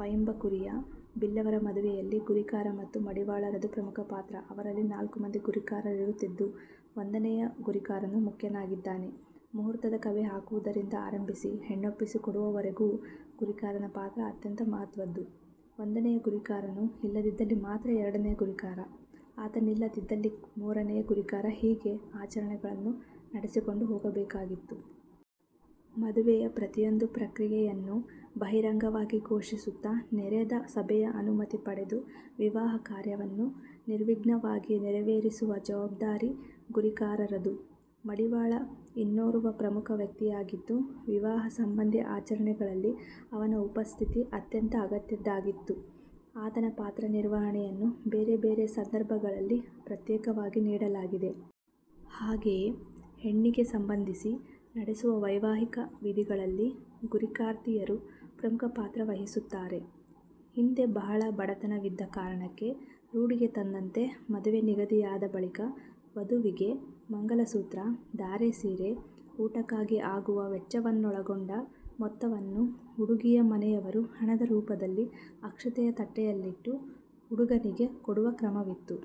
ಪೈಂಬ ಕುರಿಯ, ಬಿಲ್ಲವರ ಮದುವೆಯಲ್ಲಿ ಗುರಿಕಾರ ಮತ್ತು ಮಡಿವಾಳರದು ಪ್ರಮುಖ ಪಾತ್ರ. ಅವರಲ್ಲಿ ನಾಲ್ಕು ಮಂದಿ ಗುರಿಕಾರರಿರುತ್ತಿದ್ದು, ಒಂದನೆಯ ಗುರಿಕಾರನು ಮುಖ್ಯನಾಗಿದ್ದಾನೆ. ಮುಹೂರ್ತದ ಕಬೆ ಹಾಕುವುದರಿಂದ ಆರಂಭಿಸಿ, ಹೆಣ್ಣೊಪ್ಪಿಸಿ ಕೊಡುವವರೆಗೂ ಗುರಿಕಾರನ ಪಾತ್ರ ಅತ್ಯಂತ ಮಹತ್ವದ್ದು. ಒಂದನೆಯ ಗುರಿಕಾರನು ಇಲ್ಲದಿದ್ದಲ್ಲಿ ಮಾತ್ರ ಎರಡನೆಯ ಗುರಿಕಾರ, ಆತನಿಲ್ಲದಿದ್ದಲ್ಲಿ ಮೂರನೆಯ ಗುರಿಕಾರ ಹೀಗೆ ಆಚರಣೆಗಳನ್ನು ನಡೆಸಿಕೊಂಡು ಹೋಗಬೇಕಾಗಿತ್ತು. ಮದುವೆಯ ಪ್ರತಿಯೊಂದು ಪ್ರಕ್ರಿಯೆಯನ್ನು ಬಹಿರಂಗವಾಗಿ ಘೋಷಿಸುತ್ತ ನೆರೆದ ಸಭೆಯ ಅನುಮತಿ ಪಡೆದು ವಿವಾಹ ಕಾರ್ಯವನ್ನು ನಿರ್ವಿಘ್ನವಾಗಿ ನೆರೆವೇರಿಸುವ ಜವಾಬ್ದಾರಿ ಗುರಿಕಾರರದು. ಮಡಿವಾಳ ಇನ್ನೋರ್ವ ಪ್ರಮುಖ ವ್ಯಕ್ತಿಯಾಗಿದ್ದು, ವಿವಾಹ ಸಂಬಂಧಿ ಆಚರಣೆಗಳಲ್ಲಿ ಅವನ ಉಪಸ್ಥಿತಿ ಅತ್ಯಂತ ಅಗತ್ಯದ್ದಾಗಿತ್ತು. ಆತನ ಪಾತ್ರ ನಿರ್ವಹಣೆಯನ್ನು ಬೇರೆ ಬೇರೆ ಸಂದರ್ಭಗಳಲ್ಲಿ ಪ್ರತ್ಯೇಕವಾಗಿ ನೀಡಲಾಗಿದೆ. ಹಾಗೆಯೇ ಹೆಣ್ಣಿಗೆ ಸಂಬಂಧಿಸಿ ನಡೆಸುವ ವೈವಾಹಿಕ ವಿಧಿಗಳಲ್ಲಿ ಗುರಿಕಾರ್ತಿಯರು ಪ್ರಮುಖ ಪಾತ್ರ ವಹಿಸುತ್ತಾರೆ. ಹಿಂದೆ ಬಹಳ ಬಡತನವಿದ್ದ ಕಾರಣಕ್ಕೆ ರೂಢಿಗೆ ತಂದಂತೆ ಮದುವೆ ನಿಗದಿಯಾದ ಬಳಿಕ ವಧುವಿಗೆ ಮಂಗಲಸೂತ್ರ, ಧಾರೆಸೀರೆ, ಊಟಕ್ಕಾಗಿ ಆಗುವ ವೆಚ್ಚವನ್ನೊಳಗೊಂಡ ಮೊತ್ತವನ್ನು ಹುಡುಗಿಯ ಮನೆಯವರು ಹಣದ ರೂಪದಲ್ಲಿ ಅಕ್ಷತೆಯ ತಟ್ಟೆಯಲ್ಲಿಟ್ಟು ಹುಡುಗನಿಗೆ ಕೊಡುವ ಕ್ರಮವಿತ್ತು.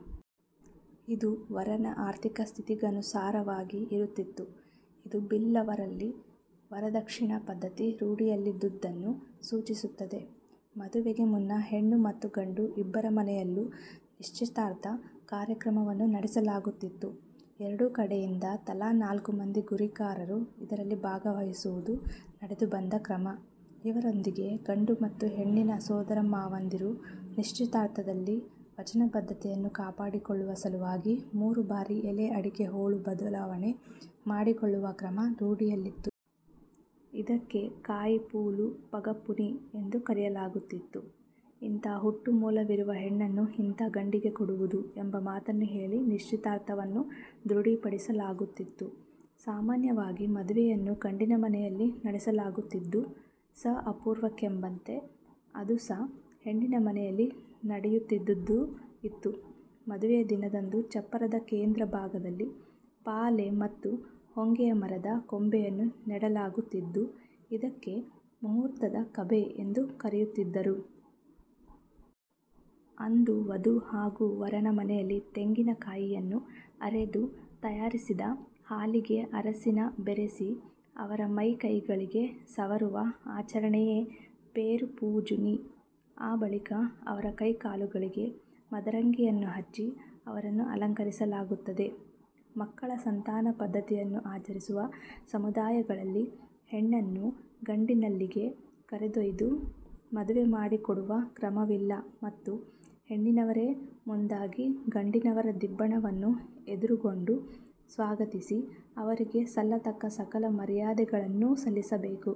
ಇದು ವರನ ಆರ್ಥಿಕ ಸ್ಥಿತಿಗನುಸಾರವಾಗಿ ಇರುತ್ತಿತ್ತು. ಇದು ಬಿಲ್ಲವರಲ್ಲಿ ವರದಕ್ಷಿಣ ಪದ್ದತಿ ರೂಢಿಯಲ್ಲಿದ್ದುದನ್ನು ಸೂಚಿಸುತ್ತದೆ. ಮದುವೆಗೆ ಮುನ್ನ ಹೆಣ್ಣು ಮತ್ತು ಗಂಡು ಇಬ್ಬರ ಮನೆಯಲ್ಲೂ ನಿಶ್ಚಿತಾರ್ಥ ಕಾರ್ಯಕ್ರಮವನ್ನು ನಡೆಸಲಾಗುತ್ತಿತ್ತು. ಎರಡೂ ಕಡೆಯಿಂದ ತಲಾ ನಾಲ್ಕು ಮಂದಿ ಗುರಿಕಾರರು ಇದರಲ್ಲಿ ಭಾಗವಹಿಸುವುದು ನಡೆದುಬಂದ ಕ್ರಮ. ಇವರೊಂದಿಗೆ ಗಂಡು ಮತ್ತು ಹೆಣ್ಣಿನ ಸೋದರಮಾವಂದಿರು ನಿಶ್ಚಿತಾರ್ಥದಲ್ಲಿ ವಚನಬದ್ಧತೆಯನ್ನು ಕಾಪಾಡಿಕೊಳ್ಳುವ ಸಲುವಾಗಿ ಮೂರು ಬಾರಿ ಎಲೆ ಅಡಿಕೆ ಹೋಳು ಬದಲಾವಣೆ ಮಾಡಿಕೊಳ್ಳುವ ಕ್ರಮ ರೂಢಿಯಲ್ಲಿತ್ತು. ಇದಕ್ಕೆ "ಕಾಯಿ ಪೂಲು ಪಗಪ್ಪುನಿ" ಎಂದು ಕರೆಯಲಾಗುತ್ತಿತ್ತು. "ಇಂಥ ಹುಟ್ಟುಮೂಲವಿರುವ ಹೆಣ್ಣನ್ನು ಇಂಥ ಗಂಡಿಗೆ ಕೊಡುವುದು" ಎಂಬ ಮಾತನ್ನು ಹೇಳಿ ನಿಶ್ಚಿತಾರ್ಥವನ್ನು ದೃಢೀಪಡಿಸಲಾಗುತ್ತಿತ್ತು. ಸಾಮಾನ್ಯವಾಗಿ ಮದುವೆಯನ್ನು ಗಂಡಿನ ಮನೆಯಲ್ಲಿ ನಡೆಸಲಾಗುತ್ತಿದ್ದು, ಸ ಅಪೂರ್ವಕ್ಕೆಂಬಂತೆ ಅದುಸ ಹೆಣ್ಣಿನ ಮನೆಯಲ್ಲಿ ನಡೆಯುತ್ತಿದ್ದುದೂ ಇತ್ತು. ಮದುವೆಯ ದಿನದಂದು ಚಪ್ಪರದ ಕೇಂದ್ರ ಭಾಗದಲ್ಲಿ ಪಾಲೆ ಮತ್ತು ಹೊಂಗೆಯ ಮರದ ಕೊಂಬೆಯನ್ನು ನೆಡಲಾಗುತ್ತಿದ್ದು, ಇದಕ್ಕೆ "ಮುಹೂರ್ತದ ಕಬೆ" ಎಂದು ಕರೆಯುತ್ತಿದ್ದರು. ಅಂದು ವಧು ಹಾಗೂ ವರನ ಮನೆಯಲ್ಲಿ ತೆಂಗಿನ ಕಾಯಿಯನ್ನು ಅರೆದು ತಯಾರಿಸಿದ ಹಾಲಿಗೆ ಅರಸಿನ ಬೆರೆಸಿ ಅವರ ಮೈ ಕೈಗಳಿಗೆ ಸವರುವ ಆಚರಣೆಯೇ "ಪೇರು ಪೂಜುನಿ" ಆ ಬಳಿಕ ಅವರ ಕೈಕಾಲುಗಳಿಗೆ ಮದರಂಗಿಯನ್ನು ಹಚ್ಚಿ ಅವರನ್ನು ಅಲಂಕರಿಸಲಾಗುತ್ತದೆ. ಮಕ್ಕಳ ಸಂತಾನ ಪದ್ಧತಿಯನ್ನು ಆಚರಿಸುವ ಸಮುದಾಯಗಳಲ್ಲಿ ಹೆಣ್ಣನ್ನು ಗಂಡಿನಲ್ಲಿಗೆ ಕರೆದೊಯ್ದು ಮದುವೆ ಮಾಡಿಕೊಡುವ ಕ್ರಮವಿಲ್ಲ ಮತ್ತು ಹೆಣ್ಣಿನವರೇ ಮುಂದಾಗಿ ಗಂಡಿನವರ ದಿಬ್ಬಣವನ್ನು ಎದುರುಗೊಂಡು ಸ್ವಾಗತಿಸಿ, ಅವರಿಗೆ ಸಲ್ಲತಕ್ಕ ಸಕಲ ಮರ್ಯಾದೆಗಳನ್ನೂ ಸಲ್ಲಿಸಬೇಕು.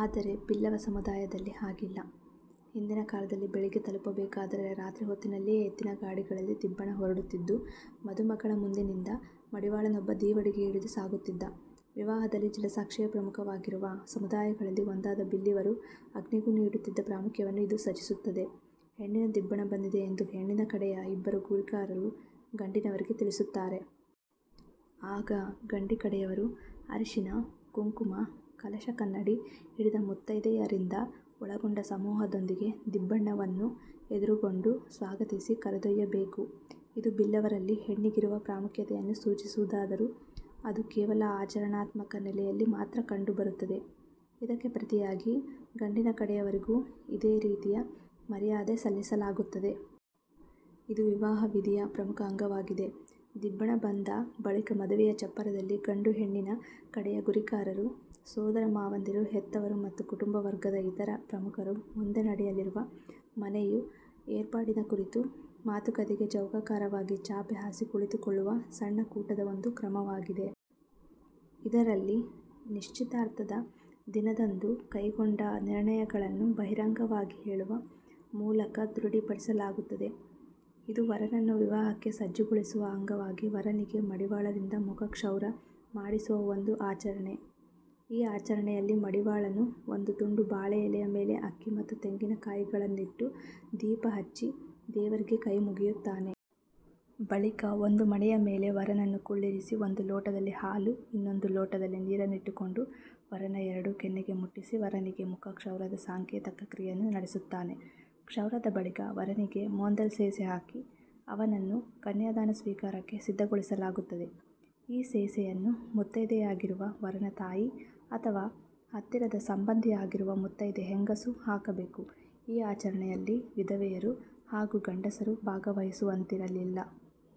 ಆದರೆ ಬಿಲ್ಲವ ಸಮುದಾಯದಲ್ಲಿ ಹಾಗಿಲ್ಲ. ಹಿಂದಿನ ಕಾಲದಲ್ಲಿ ಬೆಳಿಗ್ಗೆ ತಲುಪಬೇಕಾದರೆ ರಾತ್ರಿ ಹೊತ್ತಿನಲ್ಲಿಯೇ ಎತ್ತಿನ ಗಾಡಿಗಳಲ್ಲಿ ದಿಬ್ಬಣ ಹೊರಡುತ್ತಿದ್ದು, ಮದುಮಗಳ ಮುಂದಿನಿಂದ ಮಡಿವಾಳನೊಬ್ಬ ದೀವಡಿಗೆ ಹಿಡಿದು ಸಾಗುತ್ತಿದ್ದ. ವಿವಾಹದಲ್ಲಿ ಜಲಸಾಕ್ಷಿಯೇ ಪ್ರಮುಖವಾಗಿರುವ ಸಮುದಾಯಗಳಲ್ಲಿ ಒಂದಾದ ಬಿಲ್ಲಿವರು ಅಗ್ನಿಗೂ ನೀಡುತ್ತಿದ್ದ ಪ್ರಾಮುಖ್ಯವನ್ನು ಇದು ಸಚಿಸುತ್ತದೆ. ಹೆಣ್ಣಿನ ದಿಬ್ಬಣ ಬಂದಿದೆ ಎಂದು ಹೆಣ್ಣಿನ ಕಡೆಯ ಇಬ್ಬರು ಗುರಿಕಾರರು ಗಂಡಿನವರಿಗೆ ತಿಳಿಸುತ್ತಾರೆ. ಆಗ ಗಂಡಿ ಕಡೆಯವರು ಅರಶಿನ-ಕುಂಕುಮ, ಕಲಶಕನ್ನಡಿ ಹಿಡಿದ ಮುತ್ತೈದೆಯರಿಂದ ಒಳಗೊಂಡ ಸಮೂಹದೊಂದಿಗೆ ದಿಬ್ಬಣ್ಣವನ್ನು ಎದುರುಗೊಂಡು ಸ್ವಾಗತಿಸಿ, ಕರೆದೊಯ್ಯಬೇಕು. ಇದು ಬಿಲ್ಲವರಲ್ಲಿ ಹೆಣ್ಣಿಗಿರುವ ಪ್ರಾಮುಖ್ಯತೆಯನ್ನು ಸೂಚಿಸುವುದಾದರೂ ಅದು ಕೇವಲ ಆಚರಣಾತ್ಮಕ ನೆಲೆಯಲ್ಲಿ ಮಾತ್ರ ಕಂಡು ಬರುತ್ತದೆ. ಇದಕ್ಕೆ ಪ್ರತಿಯಾಗಿ ಗಂಡಿನ ಕಡೆಯವರಿಗೂ ಇದೇ ರೀತಿಯ ಮರ್ಯಾದೆ ಸಲ್ಲಿಸಲಾಗುತ್ತದೆ. ಇದು ವಿವಾಹ ವಿಧಿಯ ಪ್ರಮುಖ ಅಂಗವಾಗಿದೆ. ದಿಬ್ಬಣ ಬಂದ ಬಳಿಕ ಮದುವೆಯ ಚಪ್ಪರದಲ್ಲಿ ಗಂಡು-ಹೆಣ್ಣಿನ ಕಡೆಯ ಗುರಿಕಾರರು, ಸೋದರ ಮಾವಂದಿರು, ಹೆತ್ತವರು ಮತ್ತು ಕುಟುಂಬ ವರ್ಗದ ಇತರ ಪ್ರಮುಖರು ಮುಂದೆ ನಡೆಯಲಿರುವ ಮನೆಯು ಏರ್ಪಾಡಿನ ಕುರಿತು ಮಾತುಕತೆಗೆ ಚೌಕಾಕಾರವಾಗಿ ಚಾಪೆ ಹಾಸಿ ಕುಳಿತುಕೊಳ್ಳುವ ಸಣ್ಣ ಕೂಟದ ಒಂದು ಕ್ರಮವಾಗಿದೆ. ಇದರಲ್ಲಿ ನಿಶ್ಷಿತಾರ್ಥದ ದಿನದಂದು ಕೈಗೊಂಡ ನಿರ್ಣಯಗಳನ್ನು ಬಹಿರಂಗವಾಗಿ ಹೇಳುವ ಮೂಲಕ ದೃಢೀಪಡಿಸಲಾಗುತ್ತದೆ. ಇದು ವರನನ್ನು ವಿವಾಹಕ್ಕೆ ಸಜ್ಜುಗೊಳಿಸುವ ಅಂಗವಾಗಿ ವರನಿಗೆ ಮಡಿವಾಳರಿಂದ ಮುಖಕ್ಷೌರ ಮಾಡಿಸುವ ಒಂದು ಆಚರಣೆ. ಈ ಆಚರಣೆಯಲ್ಲಿ ಮಡಿವಾಳನು ಒಂದು ತುಂಡು ಬಾಳೆ ಎಲೆಯ ಮೇಲೆ ಅಕ್ಕಿ ಮತ್ತು ತೆಂಗಿನಕಾಯಿಗಳನ್ನಿಟ್ಟು ದೀಪ ಹಚ್ಚಿ ದೇವರಿಗೆ ಕೈಮುಗಿಯುತ್ತಾನೆ. ಬಳಿಕ ಒಂದು ಮಣೆಯ ಮೇಲೆ ವರನನ್ನು ಕುಳ್ಳಿರಿಸಿ ಒಂದು ಲೋಟದಲ್ಲಿ ಹಾಲು ಇನ್ನೊಂದು ಲೋಟದಲ್ಲಿ ನೀರನ್ನಿಟ್ಟುಕೊಂಡು ವರನ ಎರಡೂ ಕೆನ್ನೆಗೆ ಮುಟ್ಟಿಸಿ ವರನಿಗೆ ಮುಖ ಕ್ಷೌರದ ಸಾಂಕೇತಕ ಕ್ರಿಯೆಯನ್ನು ನಡೆಸುತ್ತಾನೆ. ಕ್ಷೌರದ ಬಳಿಕ ವರನಿಗೆ ಮೋಂದಲ್ ಸೇಸೆ ಹಾಕಿ ಅವನನ್ನು ಕನ್ಯಾದಾನ ಸ್ವೀಕಾರಕ್ಕೆ ಸಿದ್ಧಗೊಳಿಸಲಾಗುತ್ತದೆ. ಈ ಸೇಸೆಯನ್ನು ಮುತ್ತೈದೆಯಾಗಿರುವ ವರನ ತಾಯಿ ಅಥವಾ ಹತ್ತಿರದ ಸಂಬಂಧಿಯಾಗಿರುವ ಮುತ್ತೈದೆ ಹೆಂಗಸು ಹಾಕಬೇಕು. ಈ ಆಚರಣೆಯಲ್ಲಿ ವಿಧವೆಯರು ಹಾಗೂ ಗಂಡಸರು ಭಾಗವಹಿಸುವಂತಿರಲಿಲ್ಲ.